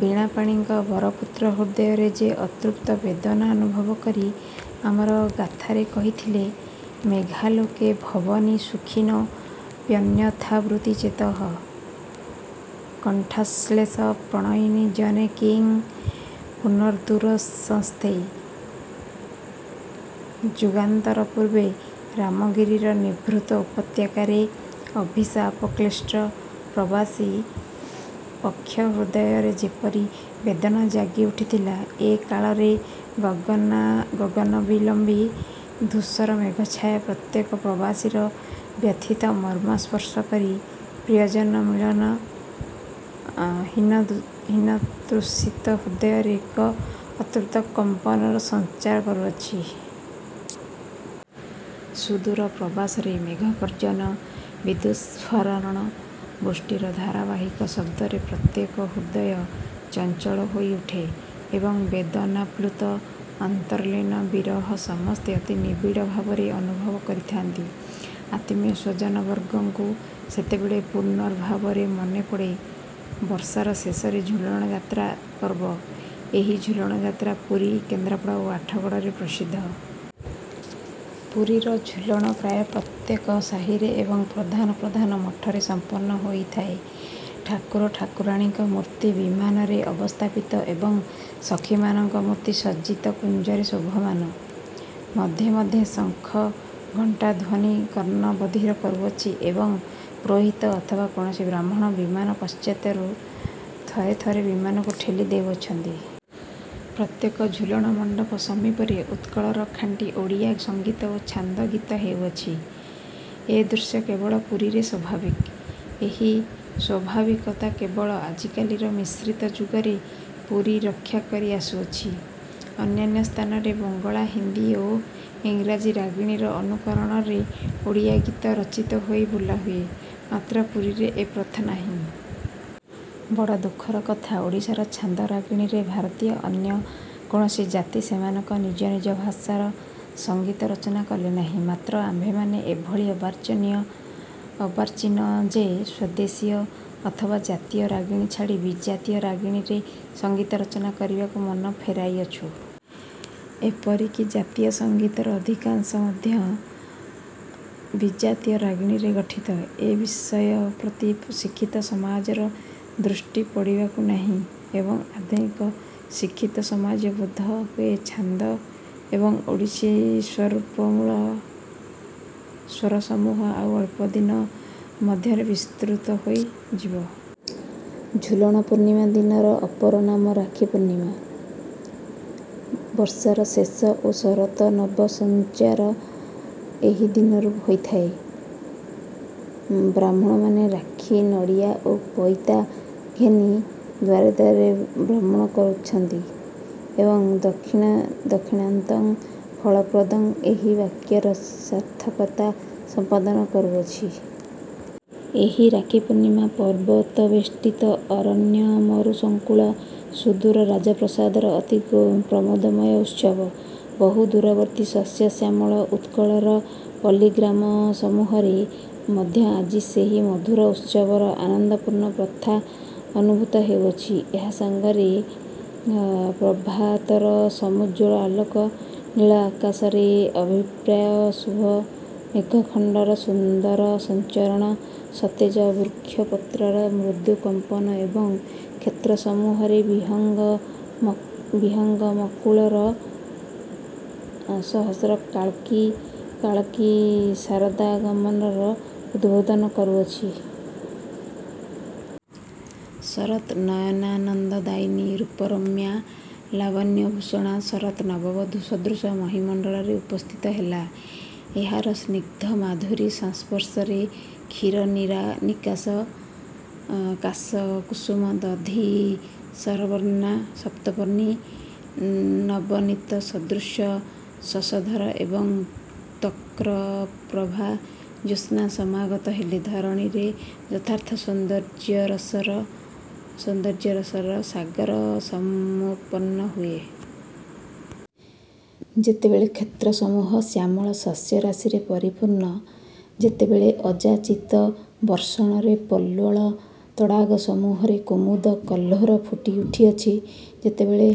ବୀଣାପାଣିଙ୍କ ବରପୁତ୍ର ହୃଦୟରେ ଯେ ଅତୃପ୍ତ ବେଦନା ଅନୁଭବ କରି ଅମର ଗାଥାରେ କହିଥିଲେ ମେଘାଲୋକେ ଭବତି ସୁଖିନୋ ପ୍ୟନ୍ୟଥାବୃତ୍ତି ଚେତଃ କଣ୍ଠାଶ୍ଳେଷ ପ୍ରଣୟିନି ଜନେ କିଂ ପୁନର୍ଦୂରସଂସ୍ଥେ। ଯୁଗାନ୍ତର ପୂର୍ବେ ରାମଗିରିର ନିଭୃତ ଉପତ୍ୟକାରେ ଅଭିଶାପକ୍ଳିଷ୍ଟ ପ୍ରବାସୀ ଯକ୍ଷ ହୃଦୟରେ ଯେପରି ବେଦନା ଜାଗି ଉଠିଥିଲା, ଏ କାଳରେ ଗଗନବିଲମ୍ବୀ ଧୂସର ମେଘଚ୍ଛାୟା ପ୍ରତ୍ୟେକ ପ୍ରବାସିର ବ୍ୟଥିତ ମର୍ମ୍ମ ସ୍ପର୍ଶ କରି ପ୍ରିୟଜନମିଳନ ହୀନ ତୃଷିତ ହୃଦୟରେ ଏକ ଅତୃପ୍ତ କମ୍ପନର ସଞ୍ଚାର କରୁଅଛି। ସୁଦୂର ପ୍ରବାସରେ ମେଘଗର୍ଜନ, ବିଦ୍ୟୁତ୍ସ୍ଫରଣ, ବୃଷ୍ଟିର ଧାରାବାହିକ ଶବ୍ଦରେ ପ୍ରତ୍ୟେକ ହୃଦୟ ଚଞ୍ଚଳ ହୋଇ ଉଠେ ଏବଂ ବେଦନାପ୍ଳୁତ ଅନ୍ତର୍ଲୀନ ବିରହ ସମସ୍ତେ ଅତି ନିବିଡ଼ଭାବରେ ଅନୁଭବ କରିଥାନ୍ତି। ଆତ୍ମୀୟ ସ୍ୱଜନବର୍ଗଙ୍କୁ ସେତେବେଳେ ପୂର୍ଣ୍ଣଭାବରେ ମନେ ପଡ଼େ। ବର୍ଷାର ଶେଷରେ ଝୁଲଣ ଯାତ୍ରା ପର୍ବ। ଏହି ଝୁଲଣଯାତ୍ରା ପୁରୀ, କେନ୍ଦ୍ରାପଡ଼ା ଓ ଆଠଗଡ଼ରେ ପ୍ରସିଦ୍ଧ। ପୁରୀର ଝୁଲଣ ପ୍ରାୟ ପ୍ରତ୍ୟେକ ସାହୀରେ ଏବଂ ପ୍ରଧାନ ପ୍ରଧାନ ମଠରେ ସମ୍ପନ୍ନ ହୋଇଥାଏ। ଠାକୁର ଠାକୁରାଣୀଙ୍କ ମୂର୍ତ୍ତି ବିମାନରେ ଅବସ୍ଥାପିତ ଏବଂ ସଖୀମାନଙ୍କ ମୂର୍ତ୍ତି ସଜ୍ଜିତ କୁଞ୍ଜରେ ଶୋଭମାନ। ମଧ୍ୟେ ମଧ୍ୟେ ଶଙ୍ଖ ଘଣ୍ଟା ଧ୍ୱନି କର୍ଣ୍ଣ ବଧିର କରୁଅଛି ଏବଂ ପୁରୋହିତ ଅଥବା କୌଣସି ବ୍ରାହ୍ମଣ ବିମାନ ପଶ୍ଚାତରୁ ଥରେ ଥରେ ବିମାନକୁ ଠେଲି ଦେଉଅଛନ୍ତି। ପ୍ରତ୍ୟେକ ଝୁଲଣ ମଣ୍ଡପ ସମୀପରେ ଉତ୍କଳର ଖାଣ୍ଟି ଓଡ଼ିଆ ସଙ୍ଗୀତ ଓ ଛାନ୍ଦ ଗୀତ ହେଉଅଛି ଏ ଦୃଶ୍ୟ କେବଳ ପୁରୀରେ ସ୍ୱାଭାବିକ। ଏହି। ସ୍ୱାଭାବିକତା କେବଳ ଆଜିକାଲିକାର ମିଶ୍ରିତ ଯୁଗରେ ପୁରୀ ରକ୍ଷା କରି ଆସୁଅଛି, ଅନ୍ୟାନ୍ୟ ସ୍ଥାନରେ ବଙ୍ଗଳା ହିନ୍ଦୀ ଓ ଇଂରାଜୀ ରାଗିଣୀର ଅନୁକରଣରେ ଓଡ଼ିଆ ଗୀତ ରଚିତ ହୋଇ ବୋଲା ହୁଏ, ମାତ୍ର ପୁରୀରେ ଏ ପ୍ରଥା ନାହିଁ। ବଡ଼ ଦୁଃଖର କଥା ଓଡ଼ିଶାର ଛାନ୍ଦ ରାଗିଣୀରେ ଭାରତୀୟ ଅନ୍ୟ କୌଣସି ଜାତି ସେମାନଙ୍କ ନିଜ ନିଜ ଭାଷାର ସଙ୍ଗୀତ ରଚନା କଲେ ନାହିଁ, ମାତ୍ର ଆମ୍ଭେମାନେ ଏ ଭଳି ଅର୍ବାଚୀନ ଯେ ସ୍ୱଦେଶୀୟ ଅଥବା ଜାତୀୟ ରାଗିଣୀ ଛାଡ଼ି ବିଜାତୀୟ ରାଗିଣୀରେ ସଙ୍ଗୀତ ରଚନା କରିବାକୁ ମନ ଫେରାଇଅଛୁଁ। ଏପରି କି ଜାତୀୟ ସଙ୍ଗୀତର ଅଧିକାଂଶ ମଧ୍ୟ ବିଜାତୀୟ ରାଗିଣୀରେ ଗଠିତ। ଏ ବିଷୟ ପ୍ରତି ଶିକ୍ଷିତ ସମାଜର ଦୃଷ୍ଟି ପଡ଼ିବାକୁ ନାହିଁ ଏବଂ ଆଧୁନିକ ଶିକ୍ଷିତସମାଜ ବୋଧ ହୁଏ ଛାନ୍ଦ ଏବଂ ଓଡ଼ିଶୀ ସ୍ୱରସମୂହ ଆଉ ଅଳ୍ପ ଦିନ ମଧ୍ୟରେ ବିସ୍ମୃତ ହୋଇ ଯିବ। ଝୁଲଣ ପୂର୍ଣ୍ଣିମା ଦିନର ଅପର ନାମ ରାଖି ପୂର୍ଣ୍ଣିମା। ବର୍ଷାର ଶେଷ ଓ ଶରତ ନବ ସଞ୍ଚାର ଏହି ଦିନରୁ ହୋଇଥାଏ। ବ୍ରାହ୍ମଣମାନେ ରାଖି ନଡ଼ିଆ ଓ ପଇତା ଘେନି ଦ୍ୱାରେ ଦ୍ୱାରେ ଭ୍ରମଣ କରୁଅଛନ୍ତି ଏବଂ ଦକ୍ଷିଣାନ୍ତଂ ଫଳପ୍ରଦଂ ଏହି ବାକ୍ୟର ସାର୍ଥକତା ସମ୍ପାଦନ କରୁଅଛନ୍ତି। ଏହି ରାଖି ପୂର୍ଣ୍ଣିମା ପର୍ବତବେଷ୍ଟିତ ଅରଣ୍ୟମରୁସଙ୍କୁଳ ସୁଦୂର ରାଜସ୍ଥାନର ଅତି ପ୍ରମୋଦମୟ ଉତ୍ସବ ବହୁଦୂରବର୍ତ୍ତୀ ଶସ୍ୟଶ୍ୟାମଳ ଉତ୍କଳର ପଲ୍ଲୀଗ୍ରାମସମୂହରେ ମଧ୍ୟ ଆଜି ସେହି ମଧୁର ଉତ୍ସବର ଆନନ୍ଦପୂର୍ଣ୍ଣ ପ୍ରଥା ଅନୁଭୂତ ହେଉଅଛି। ଏହା ସାଙ୍ଗରେ ପ୍ରଭାତର ସମୂଜ୍ଜ୍ୱଳ ଆଲୋକ, ନୀଳ ଆକାଶରେ ଅଭିପ୍ରାୟ ଶୁଭ୍ର ମେଘଖଣ୍ଡର ସୁମନ୍ଦ ସଞ୍ଚରଣ, ସତେଜ ବୃକ୍ଷପତ୍ରର ମୃଦୁ କମ୍ପନ ଏବଂ କ୍ଷେତ୍ରସମୂହରେ ବିହଙ୍ଗମକୁଳର ସହର୍ଷ କାକଳୀ ଶରଦାଗମନର ଉଦ୍ବୋଧନ କରୁଅଛି। ଶରତ୍ ନୟନାନନ୍ଦଦାୟିନୀ ରୂପରମ୍ୟା, ଲାବଣ୍ୟଭୂଷଣା ଶରତ୍ ନବବଧୂ ସଦୃଶ ମହୀମଣ୍ଡଳରେ ଉପସ୍ଥିତ ହେଲା। ଏହାର ସ୍ନିଗ୍ଧ ମାଧୁରୀ ସଂସ୍ପର୍ଶରେ କ୍ଷୀରନିକାଶ କାଶକୁସୁମ ଦଧି ସରବର୍ଣ୍ଣା ସପ୍ତପର୍ଣ୍ଣୀ, ନବନୀତ ସଦୃଶ ଶଶଧର ଏବଂ ତକ୍ର ପ୍ରଭା ଜ୍ୟୋତ୍ସ୍ନା ସମାଗତ ହେଲେ ଧରଣୀରେ ଯଥାର୍ଥ ସୌନ୍ଦର୍ଯ୍ୟରସର ସାଗର ସମୁତ୍ପନ୍ନ ହୁଏ। ଯେତେବେଳେ କ୍ଷେତ୍ରସମୂହ ଶ୍ୟାମଳ ଶସ୍ୟରାଶିରେ ପରିପୂର୍ଣ୍ଣ, ଯେତେବେଳେ ଅଯାଚିତ ବର୍ଷଣରେ ପଲ୍ୱଳ ତଡ଼ାଗସମୂହରେ କୁମୁଦ କହ୍ଲୋର ଫୁଟି ଉଠିଅଛି ଯେତେବେଳେ